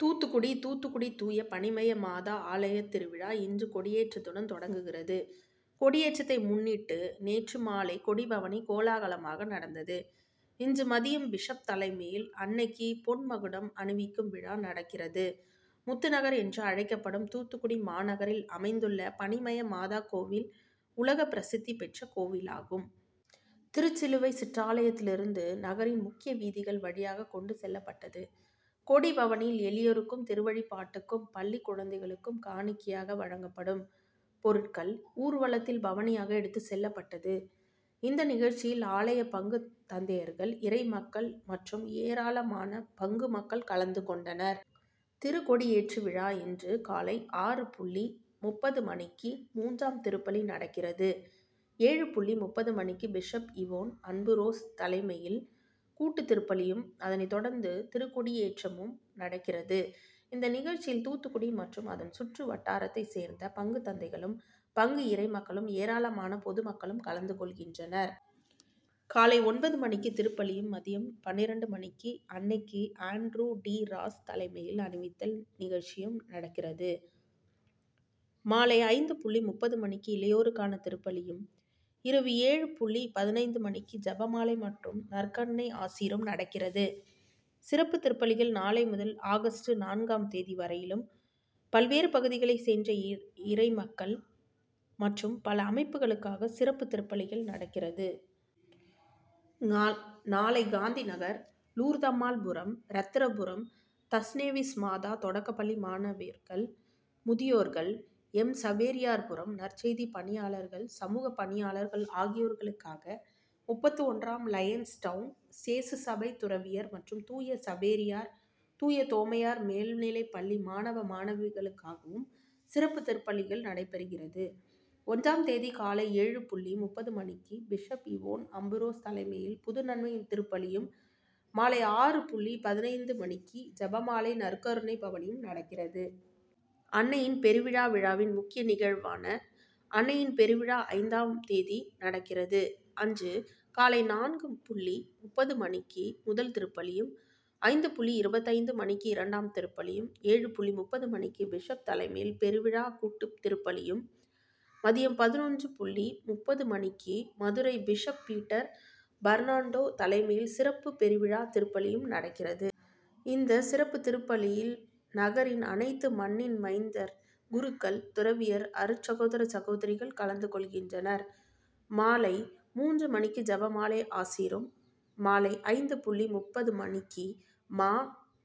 தூத்துக்குடி தூத்துக்குடி தூய பனிமய மாதா ஆலயத் திருவிழா இன்று கொடியேற்றத்துடன் தொடங்குகிறது. கொடியேற்றத்தை முன்னிட்டு நேற்று மாலை கொடிப்பவனி கோலாகலமாக நடந்தது. இன்று மதியம் பிஷப் தலைமையில் அன்னைக்கு பொன் மகுடம் அணிவிக்கும் விழா நடக்கிறது. முத்துநகர் என்று அழைக்கப்படும் தூத்துக்குடி மாநகரில் அமைந்துள்ள பனிமய மாதா கோ வில் உலகப் பிரசித்தி பெற் ற கோவிலாகும். திருச்சிலுவை சிற்றாலயத்திலிருந் து நகரின் முக்கிய வீதிகள் வழியாக கொண்டு செல்லப்பட்டது. கொடிப்பவனியில் எளியோருக்கும், திருவழிப்பாட்டுக்கும், பள்ளிக் குழந்தைகளுக்கும் காணிக்கையாக வழங்கப்படும் பொருட்கள் ஊர்வலத்தில் பவனியாக எடுத்துச் செல்லப்பட்டது. இந்த நிகழ்ச்சியில் ஆலய பங்கு தந்தையர்கள், இறை மக்கள் மற்றும் ஏரா ளமான பங்குமக்கள் கல ந்து கொண்டனர். திருக்கொடியேற்று விழா இன்று காலை ஆறு புள்ளி முப்பது மணிக்கு மூன்றாம் திருப்பலி நடக்கிறது. ஏழு புள்ளி முப்பது மணிக்கு பிஷப் இவோன் அம்புரோஸ் தலைமையில் கூட்டுத்திருப்பலியும் அதனை தொடர்ந்து திருக்கொடியேற்றமும் நடக்கிறது. இந்த நிகழ்ச்சியில் தூத்துக்குடி மற்றும் அதன் சுற்று வட்டாரத்தை சேர்ந்த பங்கு தந்தைகளும், பங்கு இறைமக்களும், ஏராளமான பொதுமக்களும் கல ந்து கொள்கின்றனர். காலை ஒன்பது மணிக்கு திருப்பலியும், மதியம் பன்னிரண்டு மணிக்கு அன்னைக்கு ஆண்ட்ரூ டி ராஸ் தலைமையில் அணிவித்தல் நிகழ்ச்சியும் நடக்கிறது. மாலை ஐந்து புள்ளி முப்பது மணிக்கு இளையோருக்கான திருப்பலியும், இரவு ஏழு புள்ளி பதினைந்து மணிக்கு செபமாலை மற்றும் நற்கருணை ஆசீரும் நடக்கிறது. சிறப்பு திருப்பலிகள் நாளை முதல் ஆகஸ்ட் நான்காம் தேதி வரையிலும் பல்வேறு பகுதிகளைச் சேர்ந்த இறை இறைமக்கள் மற்றும் பல அமைப்புக்களுக்காக சிறப்பு திருப்பலிகள் நடக்கிறது. நாளை காந்திநகர், லூர்தம்மாள்புரம், ரத்திரபுரம், தஸ்நேவிஸ்மாதா தொடக்க பள்ளி மாணவிகள், முதியோர்கள், எம். சவேரியார்புரம், நற்செய்தி பணியாளர்கள், சமூகப் பணியாளர்கள் ஆகியோர்களுக்காக, முப்பத்தொன்றாம் லயன்ஸ் டவுன், சேசுசபை துறவியர் மற்றும் தூய சவேரியார், தூய தோமையார் மேல்நிலைப்பள்ளி மாணவ, மாணவிகளுக்காகவும் சிறப்பு திருப்பலிகள் நடைபெருகிறது. ஒன்றாம் தேதி காலை ஏழு புள்ளி முப்பது மணிக்கு பிஷப் இவோன் அம்புரோஸ் தலைமையில் புதுநன்மைத் திருப்பலியும், மாலை ஆறு புள்ளி பதினைந்து மணிக்கு செபமாலை, நற்கருணைப் பவனியும் நடக்கிறது. அன்னையின் பெருவிழா விழாவின் முக்கிய நிகழ்வான அன்னையின் பெருவிழா ஐந்தாம் தேதி நடக்கிறது. அன்று காலை நான்கு புள்ளி முப்பது மணிக்கு முதல் திருப்பலியும், ஐந்து புள்ளி இருபத்தைந்து மணிக்கு இரண்டாம் திருப்பலியும், ஏழு புள்ளி முப்பது மணிக்கு பிஷப் தலைமையில் பெருவிழா கூட்டுத் திருப்பலியும், மதியம் பதினொன்று புள்ளி முப்பது மணிக்கு Madurai bishop Peter Fernando தலைமையில் சிறப்பு பெருவிழா திருப்பலியும் நடக்கிறது. இந்த சிறப்பு திருப்பலியில் நகரின் அனைத்து மண்ணின் மைந்தர் குருக்கள், துறவியர், அருட்சகோதர, சகோதரிகள் கலந்து கொள்கின்றனர். மாலை மூன்று மணி க்கு செபமாலை, ஆசீரும், மாலை ஐந்து புள்ளி முப்பது மணிக்கு மா